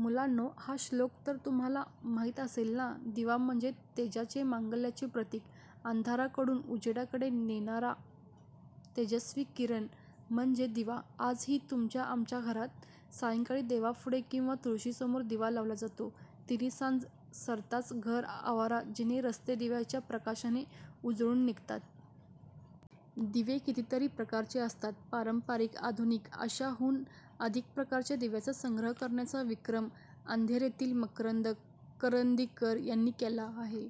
मुलांनो, हा श्लोक तर तुम्हांला माहीत असेल ना! दिवा म्हणजे तेजाचे, मांगल्याचे प्रतीक. अंधाराकडून उजेडाकडे नेणारा तेजस्वी किरण म्हणजे दिवा. आजही तुमच्या-आमच्या घरात सायंकाळी देवापुढे किंवा तुळशीसमोर दिवा लावला जातो. तिन्हीसांज सरताच घर, आवार, जिने, रस्ते दिव्यांच्या प्रकाशाने उजळून निघतात. दिवे कितीतरी प्रकारचे असतात. पारंपरिक, आधुनिक अशा हून अधिक प्रकारच्या दिव्यांचा संग्रह करण्याचा विक्रम, अंधेरीतील मकरंद करंदीकर यांनी केला आहे.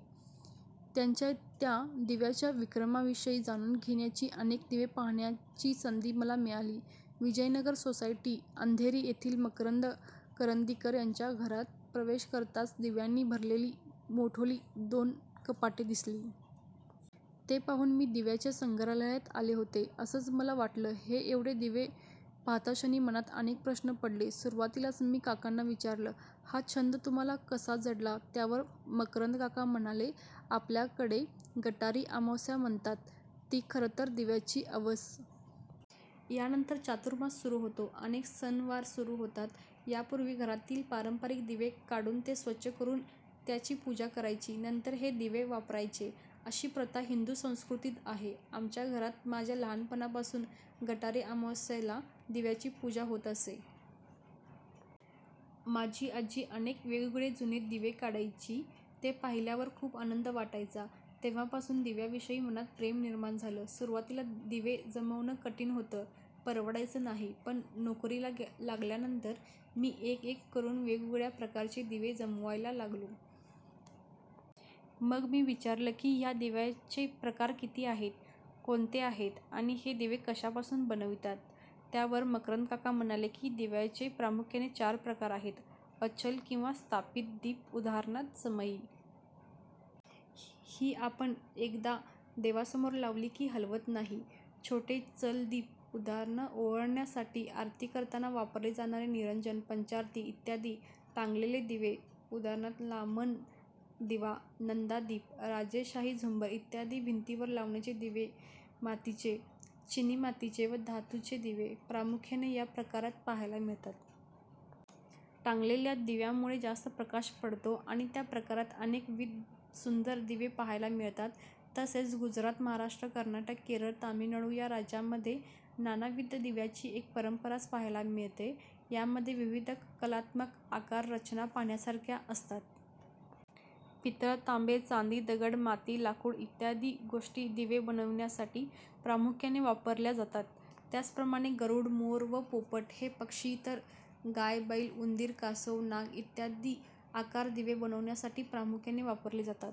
त्यांच्या या दिव्यांच्या विक्रमाविषयी जाणून घेण्याची, अनेक दिवे पाहण्याची संधी मला मिळाली. विजयनगर सोसायटी अंधेरी येथील मकरंद करंदीकर यांच्या घरात प्रवेश करताच दिव्यांनी भरलेली मोठाली दोन कपाटे दिसली. ते पाहून मी दिव्यांच्या संग्रहालयात आले आहे, असंच मला वाटलं. हे एवढे दिवे पाहतक्षणी मनात अनेक प्रश्न पडले. सुरुवातीलाच मी काकांना विचारलं- "हा छंद तुम्हांला कसा जडला? " त्यावर मकरंद काका म्हणाले, "आपल्याकडे गटारी अमावास्या म्हणतात, ती खरंतर दिव्यांची अवस. यानंतर चातुर्मास सुरू होतो. अनेक सणवार सुरू होतात. यापूर्वी घरातील पारंपरिक दिवे काढून ते स्वच्छ करून त्याची पूजा करायची, नंतर हे दिवे वापरायचे, अशी प्रथा हिंदू संस्कृतीत आहे. आमच्या घरात माझ्या लहानपणापासून गटारी अमावास्येला दिव्यांची पूजा होत असे. माझी आजी अनेक वेगवेगळे जुने दिवे काढायची ते पाहिल्यावर खूप आनंद वाटायचा. तेव्हापासून दिव्यांविषयी मनात प्रेम निर्माण झालं. सुरूवातीला दिवे जमवणं कठीण होतं. परवडायचं नाही. पण नोकरीला लागल्यानंतर मी एक-एक करुन वेगवेगळ्या प्रकारचे दिवे जमवायला लागलो. " मग मी विचारलं की ह्या दिव्यांचे प्रकार किती आहेत, कोणते आहेत आणि हे दिवे कशापासून बनवितात? त्यावर मकरंद काका म्हणाले की, दिव्यांचे प्रामुख्याने चार प्रकार आहेत.. अचल किंवा स्थापित दीप उदा. समई. ही आपण एकदा देवासमोर लावली की हलवत नाही.. छोटे चल दीप- उदा. ओवाळण्यासाठी, आरती करतांना वापरले जाणारे निरांजन, पंचारती इत्यादी.. टांगलेले दिवे- उदा. लामण दिवा, नंदादीप, राजेशाही झुंबर इत्यादी.. भिंतीवर लावण्याचे दिवे- मातीचे, चीनी मातीचे व धातूचे दिवे प्रामुख्याने या प्रकारात पाहायला मिळतात. टांगलेल्या दिव्यांमुळे जास्त प्रकाश पडतो आणि या प्रकारात अनेकविध सुंदर दिवे पहायला मिळतात. तसेच गुजरात, महाराष्ट्र, कर्नाटक, केरळ, तामिळनाडू या राज्यांमध्ये नानाविध दिव्यांची एक परंपराच पहायला मिळते. यामध्ये विविध कलात्मक आकार, रचना पाहण्यासारख्या असतात. पितळ, तांबे, चांदी, दगड, माती, लाकूड इत्यादी गोष्टी दिवे बनविण्यासाठी प्रामुख्याने वापरल्या जातात. त्याचप्रमाणे गरुड, मोर व पोपट हे पक्षी तर गाय, बैल, उंदीर, कासव, नाग इत्यादी आकार दिवे बनविण्यासाठी प्रामुख्याने वापरले जातात.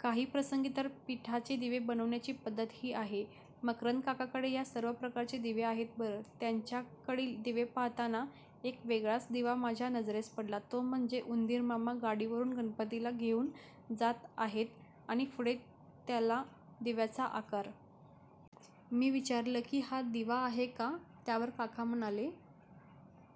काही प्रसंगी तर पीठाचे दिवे बनविण्याची पद्धतही आहे. मकरंद काकांकडे ह्या सर्व प्रकारचे दिवे आहेत बरं. त्यांच्याकडील दिवे पाहताना एक वेगळाच दिवा माझ्या नजरेस पडला तो म्हणजे उंदीरमामा गाडीवरून गणपतीला घेऊन जात आहेत आणि पुढे त्याला दिव्याचा आकार. मी विचारलं की हा दिवा आहे का? त्यावर काका म्हणाले